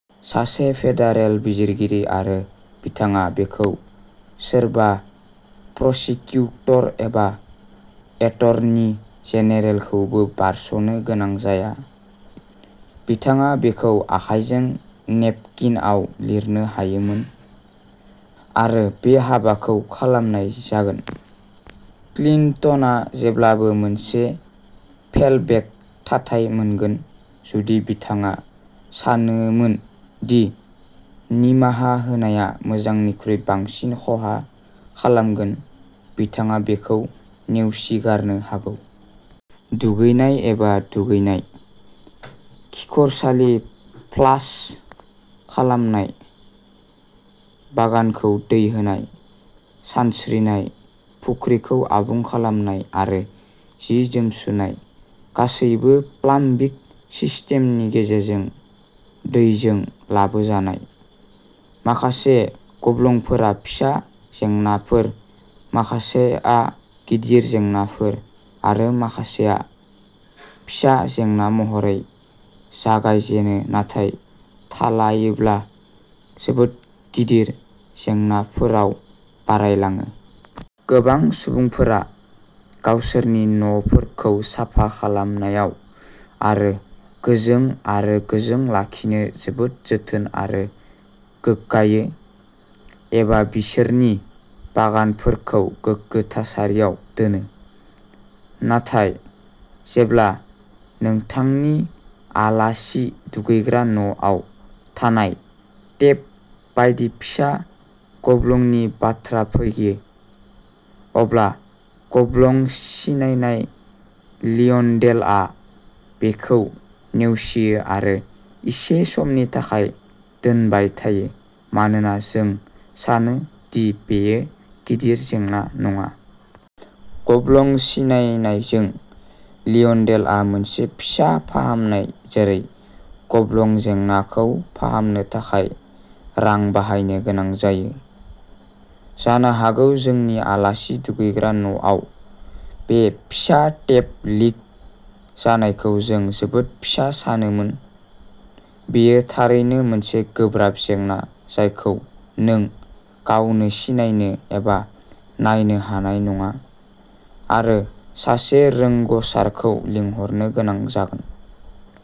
सासे फेडारेल बिजिरगिरि आरो बिथाङा बेखौ सोरबा प्रसिकिउटर एबा एटर्नी जेनेरेलखौबो बारस'नो गोनां जाया। बिथाङा बेखौ आखायजों नेपकिनआव लिरनो हायोमोन, आरो बे हाबाखौ खालामनाय जागोन। क्लिन्टना जेब्लाबो मोनसे फेलबेक थाथाय मोनगोन जुदि बिथाङा सानोमोन दि निमाहा होनाया मोजांनिख्रुइ बांसिन खहा खालामगोन बिथाङा बेखौ नेवसिगारनो हागौ। दुगैनाय एबा दुगैनाय, खिखरसालि फ्लास खालामनाय, बागानखौ दै होनाय, सानस्रिनाय फुख्रिखौ आबुं खालामनाय आरो जि-जोम सुनाय, गासैबो प्लाम्बिं सिस्टेमनि गेजेरजों दैजों लाबोजानाय। माखासे गब्लंफोरा फिसा जेंनाफोर, माखासेआ गिदिर जेंनाफोर, आरो माखासेया फिसा जेंना महरै जागायजेनो नाथाय थालायोब्ला जोबोद गिदिर जेंनाफोराव बारायलाङो। गोबां सुबुंफोरा गावसोरनि न'फोरखौ साफा खालामनायाव आरो गोजों आरो गोजों लाखिनो जोबोद जोथोन आरो गोग्गायो, एबा बिसोरनि बागानफोरखौ गोगो थासारियाव दोनो, नाथाय जेब्ला नोंथांनि आलासि दुगैग्रा न'आव थानाय टेप बायदि फिसा गब्लंनि बाथ्रा फैयो, अब्ला गब्लं सिनायनाय लिअन्डेलआ बेखौ नेवसियो आरो इसे समनि थाखाय दोनबाय थायो मानोना जों सानो दि बेयो गिदिर जेंना नङा। गब्लं सिनायनायजों लिअन्डेलआ मोनसे फिसा फाहामनाय जेरै गब्लं जेंनाखौ फाहामनो थाखाय रां बाहायनो गोनां जायो। जानो हागौ जोंनि आलासि दुगैग्रा न'आव बे फिसा टेप लिक, जायखौ जों जोबोद फिसा सानोमोन, बेयो थारैनो मोनसे गोब्राब जेंना जायखौ नों गावनो सिनायनो एबा नायनो हानाय नङा, आरो सासे रोंग'सारखौ लिंहरनो गोनां जागोन।